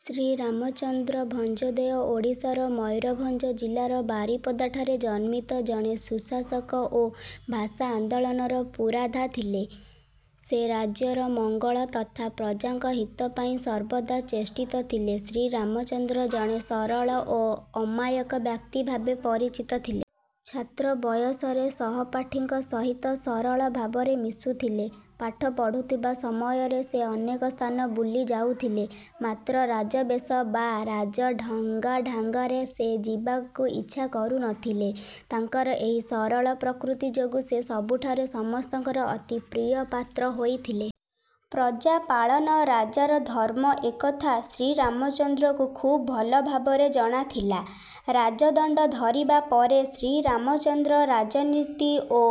ଶ୍ରୀରାମ ଚନ୍ଦ୍ର ଭଞ୍ଜଦେଓ ଓଡ଼ିଶାର ମୟୂରଭଞ୍ଜ ଜିଲ୍ଲାର ବାରିପଦାଠାରେ ଜନ୍ମିତ ଜଣେ ସୁଶାସକ ଓ ଭାଷା ଆନ୍ଦୋଳନର ପୁରୋଧା ଥିଲେ। ସେ ରାଜ୍ୟର ମଙ୍ଗଳ ତଥା ପ୍ରଜାଙ୍କ ହିତ ପାଇଁ ସର୍ବଦା ଚେଷ୍ଟିତ ଥିଲେ। ଶ୍ରୀରାମଚନ୍ଦ୍ର ଜଣେ ସରଳ ଓ ଅମାୟିକ ବ୍ୟକ୍ତି ଭାବେ ପରିଚିତ ଥିଲେ। ଛାତ୍ର ବୟସରେ ସହପାଠୀଙ୍କ ସହିତ ସରଳ ଭାବରେ ମିଶୁଥିଲେ। ପାଠ ପଢୁଥିବା ସମୟରେ ସେ ଅନେକ ସ୍ଥାନ ବୁଲି ଯାଇଥିଲେ। ମାତ୍ର ରାଜବେଶ ବା ରାଜ ଢଙ୍ଗଢାଙ୍ଗରେ ସେ ଯିବାକୁ ଇଚ୍ଛା କରୁନଥିଲେ। ତାଙ୍କର ଏହି ସରଳ ପ୍ରକୃତି ଯୋଗୁଁ ସେ ସବୁଠାରେ ସମସ୍ତଙ୍କର ଅତି ପ୍ରିୟପାତ୍ର ହୋଇଥିଲେ। ପ୍ରଜା ପାଳନ ରାଜାର ଧର୍ମ ଏ କଥା ଶ୍ରୀରାମଚନ୍ଦ୍ରଙ୍କୁ ଖୁବ୍ ଭଲଭାବେ ଜଣାଥିଲା। ରାଜଦଣ୍ଡ ଧରିବା ପରେ ଶ୍ରୀରାମଚନ୍ଦ୍ର ରାଜନୀତି ଓ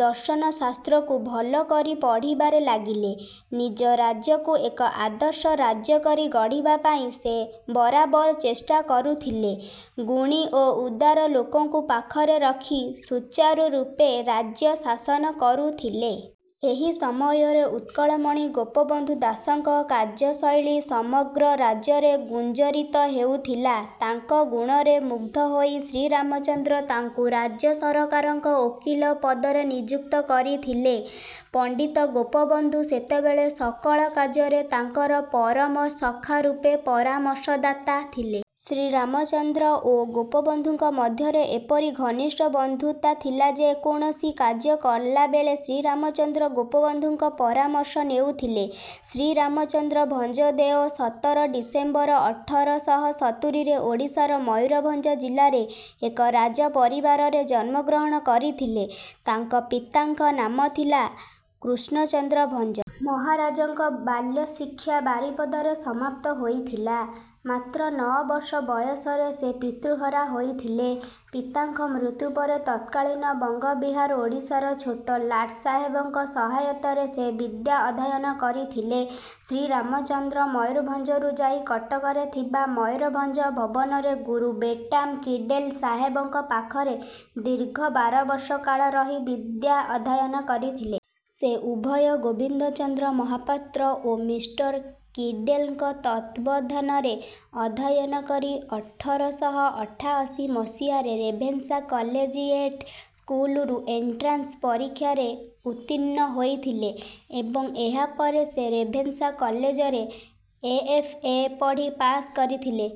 ଦର୍ଶନଶାସ୍ତ୍ରକୁ ଭଲକରି ପଢ଼ିବାରେ ଲାଗିଲେ। ନିଜ ରାଜ୍ୟକୁ ଏକ ଆଦର୍ଶ ରାଜ୍ୟ କରି ଗଢ଼ିବା ପାଇଁ ସେ ବରାବର ଚେଷ୍ଟା କରୁଥିଲେ। ଗୁଣି ଓ ଉଦାର ଲୋକଙ୍କୁ ପାଖରେ ରଖି ସୁଚାରୁ ରୂପେ ରାଜ୍ୟ ଶାସନ କରୁଥିଲେ। ଏହି ସମୟରେ ଉତ୍କଳମଣି ଗୋପବନ୍ଧୁ ଦାସଙ୍କ କାର୍ଯ୍ୟଶୈଳୀ ସମଗ୍ର ରାଜ୍ୟରେ ଗୁଞ୍ଜରିତ ହେଉଥିଲା। ତାଙ୍କ ଗୁଣରେ ମୁଗ୍ଧ ହୋଇ ଶ୍ରୀରାମଚନ୍ଦ୍ର ତାଙ୍କୁ ରାଜ୍ୟ ସରକାରଙ୍କ ଓକିଲ ପଦରେ ନିଯୁକ୍ତି କରିଥିଲେ। ପଣ୍ଡିତ ଗୋପବନ୍ଧୁ ସେତେବେଳେ ସକଳ କାର୍ଯ୍ୟରେ ତାଙ୍କର ପରମ ସଖା ରୂପେ ପରାମର୍ଶଦାତା ଥିଲେ। ଶ୍ରୀରାମଚନ୍ଦ୍ର ଓ ଗୋପବନ୍ଧୁଙ୍କ ମଧ୍ୟରେ ଏପରି ଘନିଷ୍ଠ ବନ୍ଧୁତା ଥିଲାଯେ କୌଣସି କାର୍ଯ୍ୟ କଲାବେଳେ ଶ୍ରୀରାମଚନ୍ଦ୍ର ଗୋପବନ୍ଧୁଙ୍କ ପରାମର୍ଶ ନେଉଥିଲେ। ଶ୍ରୀରାମ ଚନ୍ଦ୍ର ଭଞ୍ଜଦେଓ ସତର ଡିସେମ୍ବର ଅଠର ଶହ ସତୁରିରେ ଓଡ଼ିଶାର ମୟୂରଭଞ୍ଜ ଜିଲ୍ଲାରେ ଏକ ରାଜ ପରିବାରରେ ଜନ୍ମ ଗ୍ରହଣ କରିଥିଲେ। ତାଙ୍କ ପିତାଙ୍କ ନାମ ଥିଲା କୃଷ୍ଣଚନ୍ଦ୍ର ଭଞ୍ଜ। ମହାରାଜାଙ୍କ ବାଲ୍ୟଶିକ୍ଷା ବାରିପଦାରେ ସମାପ୍ତ ହୋଇଥିଲା। ମାତ୍ର ନଅ ବର୍ଷ ବୟସରେ ସେ ପିତୃହରା ହୋଇଥିଲେ। ପିତାଙ୍କ ମୃତ୍ୟୁ ପରେ ତତ୍କାଳୀନ ବଙ୍ଗବିହାରଓଡ଼ିଶାର ଛୋଟ ଲାଟସାହେବଙ୍କ ସହାୟତାରେ ସେ ବିଦ୍ୟା ଅଧ୍ୟୟନ କରିଥିଲେ। ଶ୍ରୀରାମଚନ୍ଦ୍ର ମୟୂରଭଞ୍ଜରୁ ଯାଇ କଟକରେ ଥିବା ମୟୂରଭଞ୍ଜ ଭବନରେ ଗୁରୁ ବ୍ରେଟାମ୍ କିଡ଼େଲ୍ ସାହାବଙ୍କ ପାଖରେ ଦୀର୍ଘ ବାରବର୍ଷ କାଳ ରହି ବିଦ୍ୟା ଅଧ୍ୟୟନ କରିଥିଲେ। ସେ ଉଭୟ ଗୋବିନ୍ଦଚନ୍ଦ୍ର ମହାପାତ୍ର ଓ ମିଷ୍ଟର କିଡେଲ୍ଙ୍କ ତତ୍ତ୍ୱାବଧାନରେ ଅଧ୍ୟୟନ କରି ଅଠର ଶହ ଅଠାଅଶୀ ମସିହାରେ ରେଭେନ୍ସା କଲେଜିଏଟ୍ ସ୍କୁଲରୁ ଏଣ୍ଟ୍ରାନ୍ସ ପରୀକ୍ଷାରେ ଉତ୍ତୀର୍ଣ୍ଣ ହୋଇଥିଲେ ଏବଂ ଏହାପରେ ସେ ରେଭେନ୍ସା କଲେଜରେ ଏଫ. ଏ. ପଢ଼ି ପାଶ୍ କରିଥିଲେ।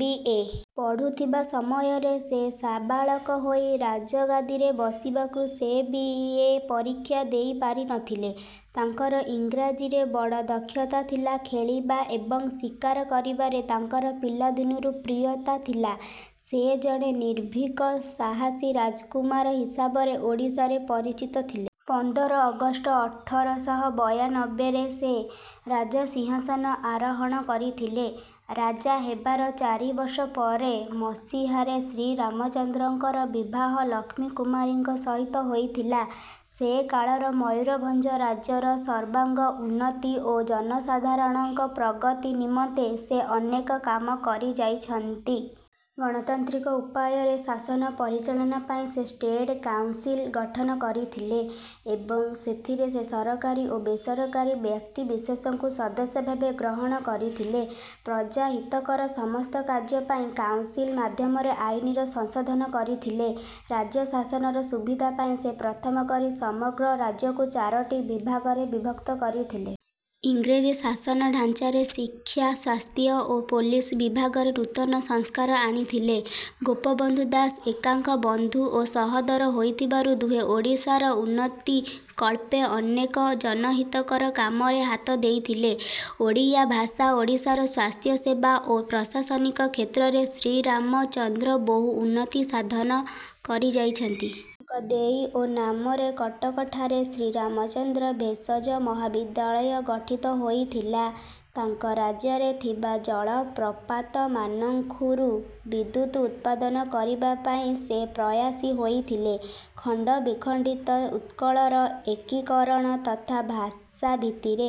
ବି. ଏ. ପଢ଼ୁଥିବା ସମୟରେ ସେ ସାବାଳକ ହୋଇ ରାଜଗାଦିରେ ବସିବାରୁ ସେ ବି. ଏ. ପରୀକ୍ଷା ଦେଇ ପାରିନଥିଲେ। ତାଙ୍କର ଇଂରାଜୀରେ ବଡ଼ ଦକ୍ଷତା ଥିଲା ଖେଳିବା ଏବଂ ଶିକାର କରିବାରେ ତାଙ୍କର ପିଲାଦିନୁ ପ୍ରିୟତା ଥିଲା। ସେ ଜଣେ ନିର୍ଭୀକ ସାହସୀ ରାଜକୁମାର ହିସାବରେ ଓଡ଼ିଶାରେ ପରିଚିତ ଥିଲେ। ପନ୍ଦର ଅଗଷ୍ଟ ଅଠର ଶହ ବୟନବେରେ ସେ ରାଜ ସିଂହାସନ ଆରୋହଣ କରିଥିଲେ। ରାଜା ହେବାର ଚାରିବର୍ଷ ପରେ ମସିହାରେ ଶ୍ରୀରାମଚନ୍ଦ୍ରଙ୍କର ବିବାହ ଲକ୍ଷ୍ମୀ କୁମାରୀଙ୍କ ସହିତ ହୋଇଥିଲା। ସେକାଳର ମୟୂରଭଞ୍ଜ ରାଜ୍ୟର ସର୍ବାଙ୍ଗ ଉନ୍ନତି ଓ ଜନସାଧାରଣଙ୍କ ପ୍ରଗତି ନିମନ୍ତେ ସେ ଅନେକ କାମ କରିଯାଇଛନ୍ତି। ଗଣତାନ୍ତ୍ରିକ ଉପାୟରେ ଶାସନ ପରିଚାଳନା ପାଇଁ ସେ ଷ୍ଟେଟ୍ କାଉନ୍ସିଲ୍ ଗଠନ କରିଥିଲେ ଏବଂ ସେଥିରେ ସେ ସରକାରୀ ଓ ବେସରକାରୀ ବ୍ୟକ୍ତିବିଶେଷଙ୍କୁ ସଦସ୍ୟଭାବେ ଗ୍ରହଣ କରିଥିଲେ। ପ୍ରଜା ହିତକର ସମସ୍ତ କାର୍ଯ୍ୟ ପାଇଁ କାଉନ୍ସିଲ୍ ମାଧ୍ୟମରେ ଆଇନର ସଂଶୋଧନ କରିଥିଲେ। ରାଜ୍ୟ ଶାସନର ସୁବିଧା ପାଇଁ ସେ ପ୍ରଥମ କରି ସମଗ୍ର ରାଜ୍ୟକୁ ଚାରିଟି ବିଭାଗରେ ବିଭକ୍ତ କରିଥିଲେ। ଇଂରେଜ ଶାସନ ଢ଼ାଞ୍ଚାରେ ଶିକ୍ଷା ସ୍ୱାସ୍ଥ୍ୟ ଓ ପୋଲିସ୍ ବିଭାଗରେ ନୂତନ ସଂସ୍କାର ଆଣିଥିଲେ। ଗୋପବନ୍ଧୁ ଦାସ ଏହାଙ୍କ ବନ୍ଧୁ ଓ ସହୋଦର ହୋଇଥିବାରୁ ଦୁହେଁ ଓଡ଼ିଶାର ଉନ୍ନତି କଳ୍ପେ ଅନେକ ଜନହିତକର କାମରେ ହାତ ଦେଇଥିଲେ। ଓଡ଼ିଆ ଭାଷା ଓଡ଼ିଶାରେ ସ୍ୱାସ୍ଥ୍ୟସେବା ଓ ପ୍ରଶାସନିକ କ୍ଷେତ୍ରରେ ଶ୍ରୀରାମ ଚନ୍ଦ୍ର ବହୁ ଉନ୍ନତି ସାଧନ କରିଯାଇଛନ୍ତି। ତାଙ୍କ ଦେଇ ଓ ନାମରେ କଟକଠାରେ ଶ୍ରୀରାମଚନ୍ଦ୍ର ଭେଷଜ ମହାବିଦ୍ୟାଳୟ ଗଠିତ ହୋଇଥିଲା। ତାଙ୍କ ରାଜ୍ୟରେ ଥିବା ଜଳପ୍ରପାତମାନଙ୍କରୁ ବିଦ୍ୟୁତ୍ ଉତ୍ପାଦନ କରିବା ପାଇଁ ସେ ପ୍ରୟାସୀ ହୋଇଥିଲେ। ଖଣ୍ଡବିଖଣ୍ଡିତ ଉତ୍କଳର ଏକୀକରଣ ତଥା ଭାଷାଭିତ୍ତିରେ